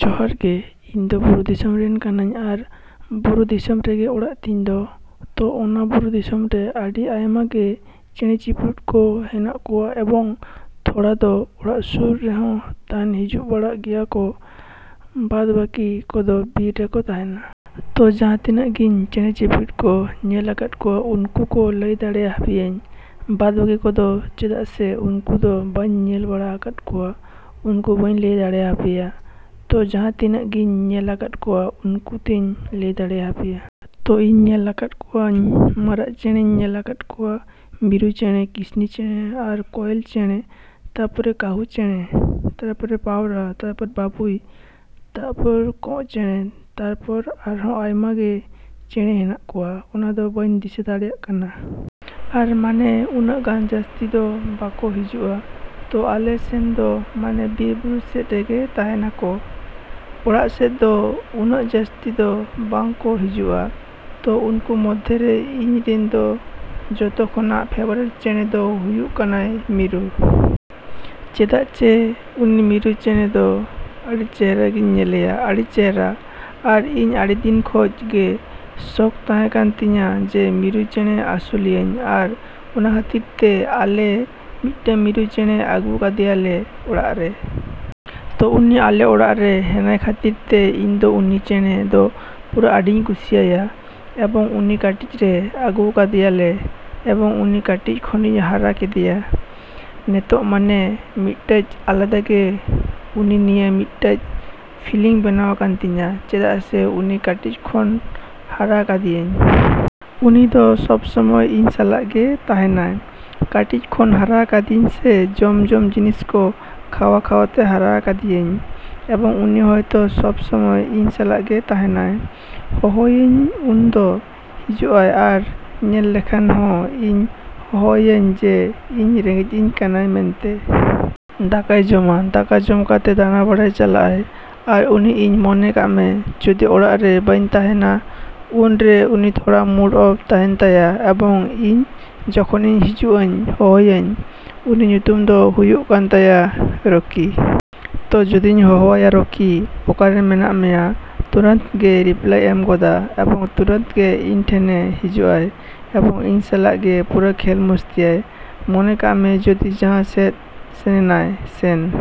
ᱡᱚᱦᱟᱨ ᱜᱮ, ᱤᱧᱫᱚ ᱵᱩᱨᱩ ᱫᱤᱥᱚᱢ ᱨᱮᱱ ᱠᱟᱹᱱᱟᱹᱧ ᱟᱨ ᱵᱩᱨᱩ ᱫᱤᱥᱚᱢ ᱨᱮᱜᱮ ᱚᱲᱟᱜ ᱛᱤᱧ ᱫᱚ᱾ ᱛᱚ ᱚᱱᱟ ᱵᱩᱨᱩ ᱫᱤᱥᱚᱢ ᱨᱮ ᱟᱹᱰᱤ ᱟᱭᱢᱟ ᱜᱮ ᱪᱮᱸᱬᱮ ᱪᱤᱯᱨᱩᱫ ᱠᱚ ᱦᱮᱱᱟᱜ ᱠᱚᱣᱟ ᱮᱵᱚᱝ ᱛᱷᱚᱲᱟ ᱫᱚ ᱚᱲᱟᱜ ᱥᱩᱨ ᱨᱮᱦᱚᱸ ᱛᱟᱦᱮᱱ ᱦᱤᱡᱩᱜ ᱵᱟᱲᱟᱜ ᱜᱮᱭᱟ ᱠᱚ, ᱵᱟᱫ ᱵᱟᱠᱤ ᱠᱚᱫᱚ ᱵᱤᱨ ᱨᱮ ᱠᱚ ᱛᱟᱦᱮᱱᱟ ᱾ ᱛᱚ ᱡᱟᱦᱟᱸ ᱛᱤᱱᱟᱹᱜ ᱜᱤᱧ ᱪᱮᱸᱬᱮ ᱪᱤᱯᱨᱩᱫ ᱠᱚ ᱧᱮᱞ ᱟᱠᱟᱫ ᱠᱚᱣᱟ ᱩᱱᱠᱩ ᱠᱚ ᱞᱟᱹᱭ ᱫᱟᱲᱮ ᱦᱟᱯᱮᱭᱟᱹᱧ, ᱵᱟᱫ ᱵᱟᱠᱤ ᱠᱚᱫᱚ ᱪᱮᱫᱟᱜ ᱥᱮ ᱩᱱᱠᱩ ᱫᱚ ᱵᱟᱹᱧ ᱧᱮᱞ ᱵᱟᱲᱟ ᱟᱠᱟᱫ ᱠᱚᱣᱟ, ᱩᱱᱠᱩ ᱵᱟᱹᱧ ᱞᱟᱹᱭ ᱫᱟᱲᱮ ᱦᱟᱯᱮᱭᱟ᱾ ᱛᱚ ᱡᱟᱦᱟᱸ ᱛᱤᱱᱟᱹᱜ ᱜᱤᱧ ᱧᱮᱞ ᱟᱠᱟᱫ ᱠᱚᱣᱟ ᱩᱱᱠᱩ ᱛᱮᱧ ᱞᱟᱹᱭ ᱫᱟᱲᱮ ᱦᱟᱯᱮᱭᱟ᱾ ᱛᱚ ᱤᱧ ᱧᱮᱞ ᱟᱠᱟᱫ ᱠᱚᱣᱟᱹᱧ ᱢᱟᱨᱟᱜ ᱪᱮᱸᱬᱮᱧ ᱧᱮᱞ ᱟᱠᱟᱫ ᱠᱚᱣᱟ, ᱢᱤᱨᱩ ᱪᱮᱸᱬᱮ, ᱠᱤᱥᱱᱤ ᱪᱮᱸᱬᱮ ᱟᱨ ᱠᱚᱭᱮᱞ ᱪᱮᱸᱬᱮ, ᱛᱟᱯᱚᱨᱮ ᱠᱟᱹᱦᱩ ᱪᱮᱸᱬᱮ, ᱛᱟᱨᱯᱚᱨᱮ ᱯᱟᱣᱨᱟ, ᱛᱟᱯᱚᱨ ᱵᱟᱹᱵᱩᱭ, ᱛᱟᱯᱚᱨᱮ ᱠᱚᱸᱜ ᱪᱮᱸᱬᱮ, ᱛᱟᱨᱯᱚᱨᱮ ᱟᱨᱦᱚᱸ ᱟᱭᱢᱟ ᱜᱮ ᱪᱮᱸᱬᱮ ᱦᱮᱱᱟᱜ ᱠᱚᱣᱟ ᱚᱱᱟ ᱫᱚ ᱵᱟᱹᱧ ᱫᱤᱥᱟᱹ ᱫᱟᱲᱮᱜ ᱠᱟᱱᱟ᱾ ᱟᱨ ᱢᱟᱱᱮ ᱩᱱᱟᱹᱜ ᱜᱟᱱ ᱡᱟᱹᱥᱛᱤ ᱫᱚ ᱵᱟᱠᱚ ᱦᱤᱡᱩᱜᱼᱟ ᱛᱚ ᱟᱞᱮ ᱥᱮᱱ ᱫᱚ ᱢᱟᱱᱮ ᱵᱤᱨ ᱵᱩᱨᱩ ᱥᱮᱫ ᱨᱮᱜᱮ ᱛᱟᱦᱮᱱᱟ ᱠᱚ, ᱚᱲᱟᱜ ᱥᱮᱫ ᱫᱚ ᱩᱱᱟᱹᱜ ᱡᱟᱹᱥᱛᱤ ᱫᱚ ᱵᱟᱝ ᱠᱚ ᱦᱤᱡᱩᱜᱼᱟ᱾ ᱛᱚ ᱩᱱᱠᱩ ᱢᱚᱫᱷᱮ ᱨᱮ ᱤᱧ ᱨᱮᱱ ᱡᱚᱛᱚ ᱠᱷᱚᱱᱟᱜ ᱯᱷᱮᱵᱟᱨᱮᱴ ᱪᱮᱬᱮ ᱫᱚ ᱦᱩᱭᱩᱜ ᱠᱟᱱᱟᱭ ᱢᱤᱨᱩ᱾ ᱪᱮᱫᱟᱜ ᱪᱮ ᱩᱱᱤ ᱢᱤᱨᱩ ᱪᱮᱬᱮ ᱫᱚ ᱟᱹᱰᱤ ᱪᱮᱦᱨᱟᱹᱧ ᱧᱮᱞᱮᱭᱟ, ᱟᱹᱰᱤ ᱪᱮᱦᱨᱟ᱾ ᱟᱨ ᱤᱧ ᱟᱹᱰᱤ ᱫᱤᱱ ᱠᱷᱚᱡ ᱜᱮ ᱥᱚᱠᱷ ᱛᱟᱦᱮᱸ ᱠᱟᱱ ᱛᱤᱧᱟ ᱡᱮ ᱢᱤᱨᱩ ᱪᱮᱸᱬᱮ ᱟᱹᱥᱩᱞᱮᱭᱟᱹᱧ ᱟᱨ ᱚᱱᱟ ᱠᱷᱟᱹᱛᱤᱨ ᱛᱮ ᱟᱞᱮ ᱢᱤᱫᱴᱟᱹᱡ ᱢᱤᱨᱩ ᱪᱮᱸᱬᱮ ᱟᱹᱜᱩ ᱟᱠᱟᱫᱮᱭᱟ ᱞᱮ ᱚᱲᱟᱜ ᱨᱮ᱾ ᱛᱚ ᱩᱱᱤ ᱟᱞᱮ ᱚᱲᱟᱜ ᱨᱮ ᱦᱮᱱᱟᱭ ᱠᱷᱟᱹᱛᱤᱨ ᱛᱮ ᱤᱧ ᱫᱚ ᱩᱱᱤ ᱪᱮᱸᱬᱮ ᱫᱚ ᱯᱩᱨᱟᱹ ᱟᱹᱰᱤᱧ ᱠᱩᱥᱤᱭᱟᱭᱟ᱾ ᱮᱵᱚᱝ ᱩᱱᱤ ᱠᱟᱹᱴᱤᱡ ᱨᱮ ᱟᱹᱜᱩ ᱠᱮᱫᱮᱭᱟ ᱞᱮ ᱮᱵᱚᱝ ᱩᱱᱤ ᱠᱟᱹᱴᱤᱡ ᱠᱷᱚᱱᱤᱧ ᱦᱟᱨᱟ ᱠᱮᱫᱮᱭᱟ᱾ ᱱᱚᱛᱚᱜ ᱢᱟᱱᱮ ᱢᱤᱫᱴᱟᱹᱡ ᱟᱞᱟᱫᱟ ᱜᱮ ᱩᱱᱤ ᱱᱤᱭᱟᱹ ᱢᱤᱫᱴᱟᱹᱡ ᱯᱷᱤᱞᱤᱝ ᱵᱮᱱᱟᱣ ᱟᱠᱟᱱ ᱛᱤᱧᱟ ᱪᱮᱫᱟᱜ ᱥᱮ ᱩᱱᱤ ᱠᱟᱹᱴᱤᱡ ᱠᱷᱚᱱ ᱦᱟᱨᱟ ᱟᱠᱟᱫᱮᱭᱟᱹᱧ᱾ ᱩᱱᱤ ᱫᱚ ᱥᱚᱵ ᱥᱚᱢᱚᱭ ᱤᱧ ᱥᱟᱞᱟᱜ ᱜᱮᱭ ᱛᱟᱦᱮᱱᱟ᱾ ᱠᱟᱹᱴᱤᱡ ᱠᱷᱚᱱ ᱦᱟᱨᱟ ᱟᱠᱟᱫᱮᱭᱟᱹᱧ ᱥᱮ ᱡᱚᱢ ᱡᱚᱢ ᱡᱤᱱᱤᱥ ᱠᱚ ᱠᱷᱟᱣᱟ ᱠᱷᱟᱣᱟ ᱛᱮ ᱦᱟᱨᱟ ᱟᱠᱟᱫᱮᱭᱟᱹᱧ ᱮᱵᱚᱝ ᱩᱱᱤ ᱦᱚᱭᱛᱚ ᱥᱚᱵ ᱥᱚᱢᱚᱭ ᱤᱧ ᱥᱟᱞᱟᱜ ᱜᱮ ᱛᱟᱦᱮᱱᱟᱭ᱾ ᱦᱚᱦᱚᱣᱟᱣᱟᱹᱧ ᱩᱱ ᱫᱚ ᱦᱤᱡᱩᱜᱼᱟᱭ ᱟᱨ ᱧᱮᱞ ᱞᱮᱠᱷᱟᱱ ᱦᱚᱸ ᱤᱧ ᱦᱚᱦᱚᱣᱟᱹᱧᱟᱭ ᱡᱮ ᱤᱧ ᱨᱮᱸᱜᱮᱡᱽᱤᱧ ᱠᱟᱱᱟ ᱢᱮᱱᱛᱮ᱾ ᱫᱟᱠᱟᱭ ᱡᱚᱢᱟ, ᱫᱟᱠᱟ ᱡᱚᱢ ᱠᱟᱛᱮ ᱫᱟᱬᱟ ᱵᱟᱲᱟ ᱪᱟᱞᱟᱜᱼᱟᱭ᱾ ᱟᱨ ᱩᱱᱤ ᱤᱧ ᱢᱚᱱᱮ ᱠᱟᱢᱮ ᱡᱩᱫᱤ ᱚᱲᱟᱜ ᱨᱮ ᱵᱟᱹᱧ ᱛᱟᱦᱮᱱᱟ ᱩᱱ ᱨᱮ ᱩᱱᱤ ᱛᱷᱚᱲᱟ ᱢᱩᱰ ᱚᱯᱷ ᱛᱟᱦᱮᱱ ᱛᱟᱭᱟ ᱮᱵᱚᱝ ᱤᱧ ᱡᱚᱠᱷᱚᱱᱤᱧ ᱦᱤᱡᱩᱜᱼᱟᱹᱧ ᱦᱚᱦᱚᱣᱟᱭᱟᱹᱧ᱾ ᱩᱱᱤ ᱧᱩᱛᱩᱢ ᱫᱚ ᱦᱩᱭᱩᱜ ᱠᱟᱱ ᱛᱟᱭᱟ ᱨᱚᱠᱤ᱾ ᱛᱚ ᱡᱩᱫᱤᱧ ᱦᱚᱦᱚᱣᱟᱭᱟ ᱨᱚᱠᱤ ᱚᱠᱟ ᱨᱮ ᱦᱮᱱᱟᱜ ᱢᱮᱭᱟ ᱛᱩᱨᱟᱹᱛ ᱜᱮ ᱨᱤᱯᱞᱟᱭᱮ ᱮᱢ ᱜᱚᱫᱟ ᱮᱵᱚᱝ ᱛᱩᱨᱟᱹᱛ ᱜᱮ ᱤᱧ ᱴᱷᱮᱱᱮ ᱦᱤᱡᱩᱜᱼᱟᱭ ᱮᱵᱚᱝ ᱤᱧ ᱥᱟᱞᱟᱜ ᱯᱩᱨᱟᱹ ᱠᱷᱮᱞ ᱢᱟᱹᱥᱛᱤᱭᱟᱭ᱾ ᱢᱚᱱᱮ ᱠᱟᱢᱮ ᱡᱩᱫᱤ ᱡᱟᱦᱟᱸ ᱥᱮᱫ ᱥᱮᱱ ᱮᱱᱟᱹᱧ, ᱥᱮᱱ